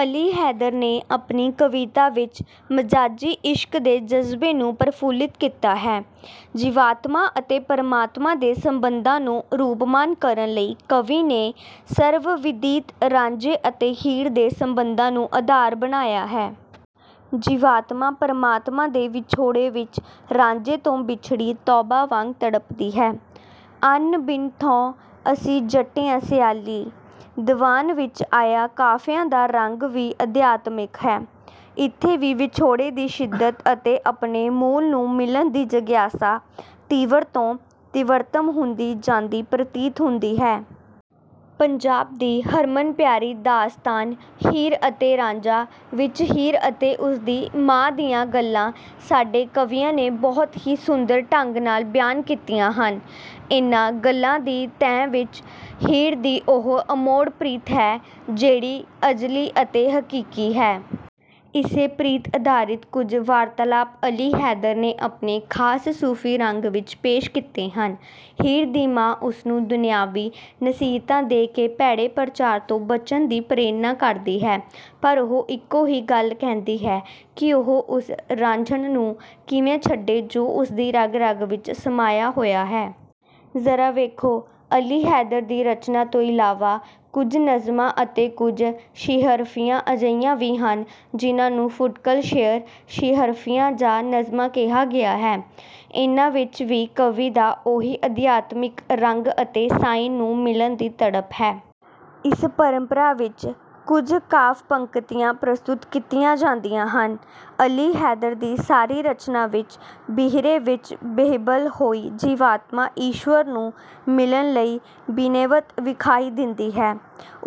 ਅਲੀ ਹੈਦਰ ਨੇ ਆਪਣੀ ਕਵਿਤਾ ਵਿੱਚ ਮਜਾਜ਼ੀ ਇਸ਼ਕ ਦੇ ਜਜ਼ਬੇ ਨੂੰ ਪ੍ਰਫੁੱਲਿਤ ਕੀਤਾ ਹੈ। ਜੀਵਾਤਮਾ ਅਤੇ ਪਰਮਾਤਮਾ ਦੇ ਸੰਬੰਧਾਂ ਨੂੰ ਰੂਪਮਾਨ ਕਰਨ ਲਈ ਕਵੀ ਨੇ ਸਰਵ-ਵਿਦਿਤ ਰਾਂਝੇ ਅਤੇ ਹੀਰ ਦੇ ਸੰਬੰਧਾਂ ਨੂੰ ਆਧਾਰ ਬਣਾਇਆ ਹੈ। ਜੀਵਾਤਮਾ ਪਰਮਾਤਮਾ ਦੇ ਵਿਛੋੜੇ ਵਿੱਚ ਰਾਂਝੇ ਤੋਂ ਵਿਛੜੀ ਤੋਬਾ ਵਾਂਗ ਤੜਪਦੀ ਹੈ। "ਅਨ ਬਿਨ ਥੋਂ ਅਸੀਂ ਜੱਟੀਆਂ ਸਿਆਲੀਂ।" ਦੀਵਾਨ ਵਿੱਚ ਆਈਆਂ ਕਾਫ਼ੀਆਂ ਦਾ ਰੰਗ ਵੀ ਅਧਿਆਤਮਿਕ ਹੈ। ਇੱਥੇ ਵੀ ਵਿਛੋੜੇ ਦੀ ਸ਼ਿੱਦਤ ਅਤੇ ਆਪਣੇ ਮੂਲ ਨੂੰ ਮਿਲਣ ਦੀ ਜਿਗਿਆਸਾ ਤੀਵਰ ਤੋਂ ਤੀਵਰਤਮ ਹੁੰਦੀ ਜਾਂਦੀ ਪ੍ਰਤੀਤ ਹੁੰਦੀ ਹੈ। ਪੰਜਾਬ ਦੀ ਹਰਮਨ ਪਿਆਰੀ ਦਾਸਤਾਨ 'ਹੀਰ ਅਤੇ ਰਾਂਝਾ' ਵਿੱਚ ਹੀਰ ਅਤੇ ਉਸ ਦੀ ਮਾਂ ਦੀਆਂ ਗੱਲਾਂ ਸਾਡੇ ਕਵੀਆਂ ਨੇ ਬਹੁਤ ਹੀ ਸੁੰਦਰ ਢੰਗ ਨਾਲ ਬਿਆਨ ਕੀਤੀਆਂ ਹਨ। ਇਨ੍ਹਾਂ ਗੱਲਾਂ ਦੀ ਤਹਿ ਵਿੱਚ ਹੀਰ ਦੀ ਉਹ ਅਮੋੜ ਪ੍ਰੀਤ ਹੈ ਜਿਹੜੀ ਅਜ਼ਲੀ ਅਤੇ ਹਕੀਕੀ ਹੈ। ਇਸੇ ਪ੍ਰੀਤ ਆਧਾਰਿਤ ਕੁਝ ਵਾਰਤਾਲਾਪ ਅਲੀ ਹੈਦਰ ਨੇ ਆਪਣੇ ਖਾਸ ਸੂਫ਼ੀ ਰੰਗ ਵਿੱਚ ਪੇਸ਼ ਕੀਤੇ ਹਨ। ਹੀਰ ਦੀ ਮਾਂ ਉਸ ਨੂੰ ਦੁਨਿਆਵੀ ਨਸੀਹਤਾਂ ਦੇ ਕੇ ਭੈੜੇ ਪ੍ਰਚਾਰ ਤੋਂ ਬਚਣ ਦੀ ਪ੍ਰੇਰਨਾ ਕਰਦੀ ਹੈ ਪਰ ਉਹ ਇੱਕੋ ਹੀ ਗੱਲ ਕਹਿੰਦੀ ਹੈ ਕਿ ਉਹ ਉਸ ਰਾਂਝਣ ਨੂੰ ਕਿਵੇਂ ਕੱਢੇ ਜੋ ਉਸ ਦੀ ਰਗ-ਰਗ ਵਿੱਚ ਸਮਾਇਆ ਹੋਇਆ ਹੈ। ਜ਼ਰਾ ਵੇਖੋ ਅਲੀ ਹੈਦਰ ਦੀ ਰਚਨਾ ਤੋਂ ਇਲਾਵਾ ਕੁਝ ਨਜ਼ਮਾਂ ਅਤੇ ਕੁਝ ਸੀਹਰਫੀਆਂ ਅਜਿਹੀਆਂ ਵੀ ਹਨ ਜਿਨ੍ਹਾਂ ਨੂੰ ਫੁਟਕਲ ਸ਼ੇਅਰ, ਸੀਹਰਫੀਆਂ ਜਾਂ ਨਜ਼ਮਾਂ ਕਿਹਾ ਗਿਆ ਹੈ। ਇਨ੍ਹਾਂ ਵਿੱਚ ਵੀ ਕਵੀ ਦਾ ਉਹੀ ਅਧਿਆਤਮਿਕ ਰੰਗ ਅਤੇ ਸਾਈਂ ਨੂੰ ਮਿਲਣ ਦੀ ਤੜਪ ਹੈ। ਇਸ ਪਰੰਪਰਾ ਵਿੱਚ ਕੁਝ ਕਾਵਿ-ਪੰਕਤੀਆਂ ਪ੍ਰਸਤੁਤ ਕੀਤੀਆਂ ਜਾਂਦੀਆਂ ਹਨ। ਅਲੀ ਹੈਦਰ ਦੀ ਸਾਰੀ ਰਚਨਾ ਵਿੱਚ ਬਿਹਰੇ ਵਿੱਚ ਬਿਹਬਲ ਹੋਈ ਜੀਵਾਤਮਾ ਈਸ਼ਵਰ ਨੂੰ ਮਿਲਣ ਲਈ ਬਿਨੈਵੰਤ ਵਿਖਾਈ ਦਿੰਦੀ ਹੈ।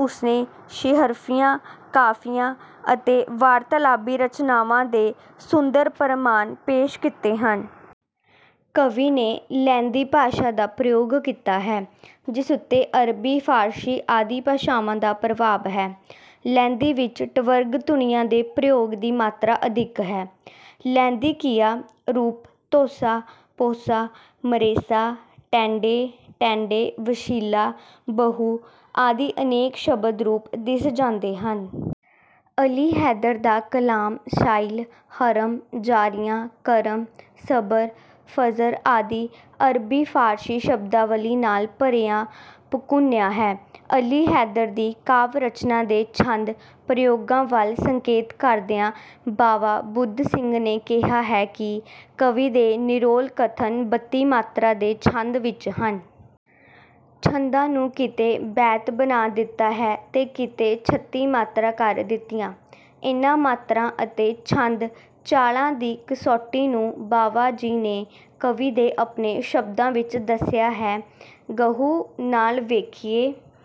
ਉਸਨੇ ਸੀਹਰਫੀਆਂ, ਕਾਫ਼ੀਆਂ ਅਤੇ ਵਾਰਤਾਲਾਪੀ ਰਚਨਾਵਾਂ ਦੇ ਸੁੰਦਰ ਪ੍ਰਮਾਣ ਪੇਸ਼ ਕੀਤੇ ਹਨ। ਕਵੀ ਨੇ ਲਹਿੰਦੀ ਭਾਸ਼ਾ ਦਾ ਪ੍ਰਯੋਗ ਕੀਤਾ ਹੈ ਜਿਸ ਉੱਤੇ ਅਰਬੀ, ਫਾਰਸੀ ਆਦਿ ਭਾਸ਼ਾਵਾਂ ਦਾ ਪ੍ਰਭਾਵ ਹੈ। ਲਹਿੰਦੀ ਵਿੱਚ ਟਵਰਗ ਧੁਨੀਆਂ ਦੇ ਪ੍ਰਯੋਗ ਦੀ ਮਾਤਰਾ ਅਧਿਕ ਹੈ। ਲਹਿੰਦੀ ਕ੍ਰਿਆ ਰੂਪ ਧੋਸਾਂ, ਪੌਸਾਂ, ਮਰੇਸਾਂ, ਤੈਂਡੇ, ਤੈਡੇ, ਵਸੀਲਾ, ਬਹੁ, ਆਦਿ ਅਨੇਕ ਸ਼ਬਦ ਰੂਪ ਦਿਸ ਜਾਂਦੇ ਹਨ। ਅਲੀ ਹੈਦਰ ਦਾ ਕਲਾਮ ਸਾਇਲ, ਹਰਮ, ਜ਼ਾਰੀਆਂ, ਕਰਮ, ਸਬਰ, ਫ਼ਜਰ ਆਦਿ ਅਰਬੀ ਫਾਰਸੀ ਸ਼ਬਦਾਵਲੀ ਨਾਲ ਭਰਿਆ ਭਕੁੰਨਿਆ ਹੈ। ਅਲੀ ਹੈਦਰ ਦੀ ਕਾਵਿ-ਰਚਨਾ ਦੇ ਛੰਦ ਪ੍ਰਯੋਗਾਂ ਵੱਲ ਸੰਕੇਤ ਕਰਦਿਆਂ ਬਾਵਾ ਬੁੱਧ ਸਿੰਘ ਨੇ ਕਿਹਾ ਹੈ ਕਿ ਕਵੀ ਦੇ ਨਿਰੋਲ ਕਥਨ ਬੱਤੀ 'ਮਾਤਰਾ' ਦੇ ਛੰਦ ਵਿੱਚ ਹਨ। ਛੰਦਾਂ ਨੂੰ ਕਿਤੇ ਬੈਂਤ ਬਣਾ ਦਿੱਤਾ ਹੈ ਤੇ ਕਿਤੇ ਛੱਤੀ ਮਾਤਰਾ ਕਰ ਦਿੱਤੀਆਂ। ਇਨ੍ਹਾਂ ਮਾਤਰਾ ਅਤੇ ਛੰਦ ਚਾਲਾਂ ਦੀ ਕਸੌਟੀ ਨੂੰ ਬਾਵਾ ਜੀ ਨੇ ਕਵੀ ਦੇ ਆਪਣੇ ਸ਼ਬਦਾਂ ਵਿੱਚ ਦੱਸਿਆ ਹੈ। ਗਹੁ ਨਾਲ ਵੇਖੀਏ।